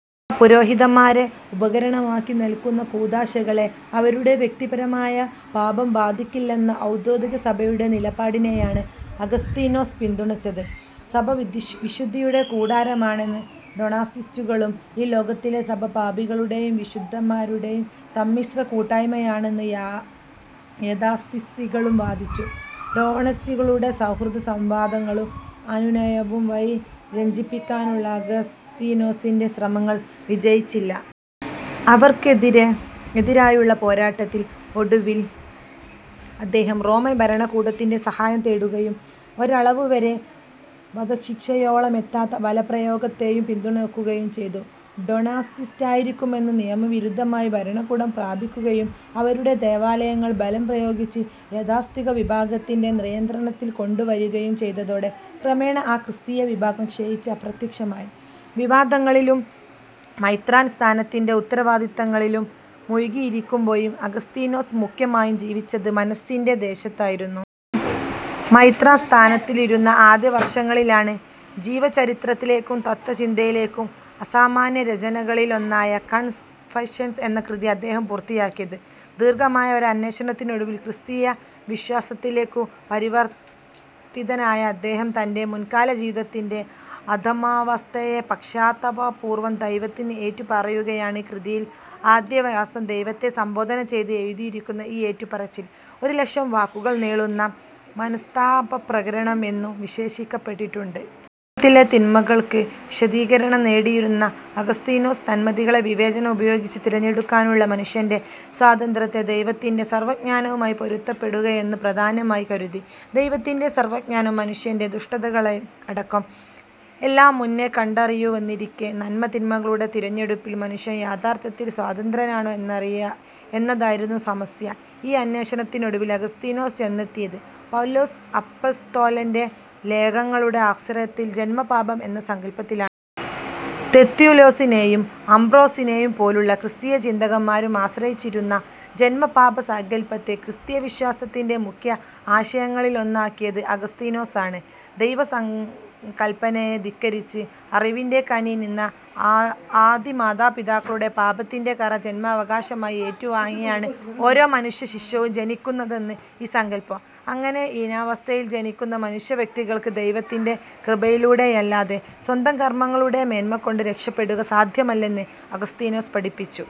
സഭ, പുരോഹിതന്മാരെ ഉപകരണമാക്കി നൽകുന്ന കൂദാശകളെ അവരുടെ വ്യക്തിപരമായ പാപം ബാധിക്കയില്ലെന്ന ഔദ്യോഗികസഭയുടെ നിലപാടിനെയാണ് അഗസ്തീനോസ് പിന്തുണച്ചത്. സഭ വിശുദ്ധിയുടെ കൂടാരമാണെന്ന് ഡൊണാറ്റിസ്റ്റുകളും, ഈ ലോകത്തിലെ സഭ പാപികളുടേയും വിശുദ്ധരുടേയും സമ്മിശ്ര കൂട്ടായ്മയാണെന്ന് യാഥാസ്ഥിതികരും വാദിച്ചു. ഡോണറ്റിസ്റ്റുകളെ സൗഹൃദസംവാദങ്ങളും അനുനയവും വഴി രഞ്ജിപ്പിക്കാനുള്ള അഗസ്തീനോസിന്റെ ശ്രമങ്ങൾ വിജയിച്ചില്ല. അവർക്കെതിരായുള്ള പോരാട്ടത്തിൽ ഒടുവിൽ അദ്ദേഹം റോമൻ ഭരണകൂടത്തിന്റെ സഹായം തേടുകയും, ഒരളവുവരെ വധശിക്ഷയോളമെത്താത്ത ബലപ്രയോഗത്തെപ്പോലും പിന്തുണയ്ക്കുകയും ചെയ്തു. ഡൊണാറ്റിസ്റ്റായിരിക്കുന്നത് നിയമവിരുദ്ധമായി ഭരണകൂടം പ്രഖ്യാപിക്കുകയും അവരുടെ ദേവാലയങ്ങൾ ബലം പ്രയോഗിച്ച് യാഥാസ്ഥിതിക വിഭാഗത്തിന്റെ നിയന്ത്രണത്തിൽ കൊണ്ടുവരുകയും ചെയ്തതോടെ ക്രമേണ ആ ക്രിസ്തീയ വിഭാഗം ക്ഷയിച്ച് അപ്രത്യക്ഷമായി. വിവാദങ്ങളിലും മെത്രാൻ സ്ഥാനത്തിന്റെ ഉത്തരവാദിത്തങ്ങളിലും മുഴുകിയിരിക്കുമ്പോഴും അഗസ്തീനോസ് മുഖ്യമായും ജീവിച്ചത് "മനസ്സിന്റെ ദേശത്ത്" ആയിരുന്നു. മെത്രാൻ സ്ഥാനത്തിരുന്ന ആദ്യവർഷങ്ങളിലാണ് ജീവചരിത്രത്തിലേയും തത്ത്വചിന്തയിലേയും അസാമാന്യരചനകളിലൊന്നായ കൺഫഷൻസ് എന്ന കൃതി അദ്ദേഹം പൂർത്തിയാക്കിയത്. ദീർഘമായ ഒരന്വേഷണത്തിനൊടുവിൽ ക്രിസ്തീയ വിശ്വാസത്തിലേയ്ക്കു പരിവർത്തിതനായ അദ്ദേഹം തന്റെ മുൻകാലജീവിതത്തിന്റെ "അധമാവസ്ഥയെ" പശ്ചാത്താപപൂർവം ദൈവത്തോട് ഏറ്റുപറയുകയാണ് ഈ കൃതിയിൽ. ആദ്യവസാനം ദൈവത്തെ സംബോധന ചെയ്ത് എഴുതിരിക്കുന്ന ഈ ഏറ്റുപറച്ചിൽ, ഒരു ലക്ഷം വാക്കുകൾ നീളുന്ന "മനസ്താപപ്രകരണം" എന്നു വിശേഷിപ്പിക്കപ്പെട്ടിട്ടുണ്ട്. ഈ ലോകത്തിലെ തിന്മകൾക്ക് വിശദീകരണം തേടിയിരുന്ന അഗസ്തീനോസ്, നന്മതിന്മകളെ വിവേചന ഉപയോഗിച്ച് തെരഞ്ഞെടുക്കാനുള്ള മനുഷ്യന്റെ സ്വാതന്ത്ര്യത്തെ ദൈവത്തിന്റെ സർവജ്ഞാനവുമായി പൊരുത്തപ്പെടുത്തുകയെന്നത് പ്രധാനമായി കരുതി. ദൈവത്തിന്റെ സർവജ്ഞാനം മനുഷ്യന്റെ ദുഷ്ടതയടക്കം എല്ലാം മുന്നേ കണ്ടറിയുന്നുവെന്നിരിക്കേ, നന്മ-തിന്മകളുടെ തെരഞ്ഞെടുപ്പിൽ മനുഷ്യൻ യഥാർത്ഥത്തിൽ സ്വതന്ത്രനാണോ എന്നതായിരുന്നു സമസ്യ. ഈ അന്വേഷണത്തിനൊടുവിൽ അഗസ്തീനോസ് ചെന്നെത്തിയത്, പൗലോസ് അപ്പസ്തോലന്റെ ലേഖങ്ങളുടെ ആശ്രയത്തിൽ, ജന്മപാപം എന്ന സങ്കല്പത്തിലാണ്. തെർത്തുല്യനേയും അംബ്രോസിനേയും പോലുള്ള ക്രിസ്തീയ ചിന്തകന്മാരും ആശ്രയിച്ചിരുന്ന ജന്മപാപസങ്കല്പത്തെ ക്രിസ്തീയ വിശ്വാസത്തിന്റെ മുഖ്യ ആശയങ്ങളിലൊന്നാക്കിയത് അഗസ്തീനോസാണ്. ദൈവകല്പന ധിക്കരിച്ച് അറിവിന്റെ കനി തിന്ന ആദിമാതാപിതാക്കളുടെ പാപത്തിന്റെ കറ ജന്മാവകാശമായി ഏറ്റുവാങ്ങിയാണ് ഓരോ മനുഷ്യശിശുവും ജനിക്കുന്നതെന്നാണ് ഈ സങ്കല്പം. അങ്ങനെ ഹീനാവസ്ഥയിൽ ജനിക്കുന്ന മനുഷ്യവ്യക്തികൾക്ക് ദൈവത്തിന്റെ കൃപയിലൂടെയല്ലാതെ സ്വന്തം കർമ്മങ്ങളുടെ മേന്മകൊണ്ട് രക്ഷപെടുക സാധ്യമല്ലെന്ന് അഗസ്തീനോസ് പഠിപ്പിച്ചു.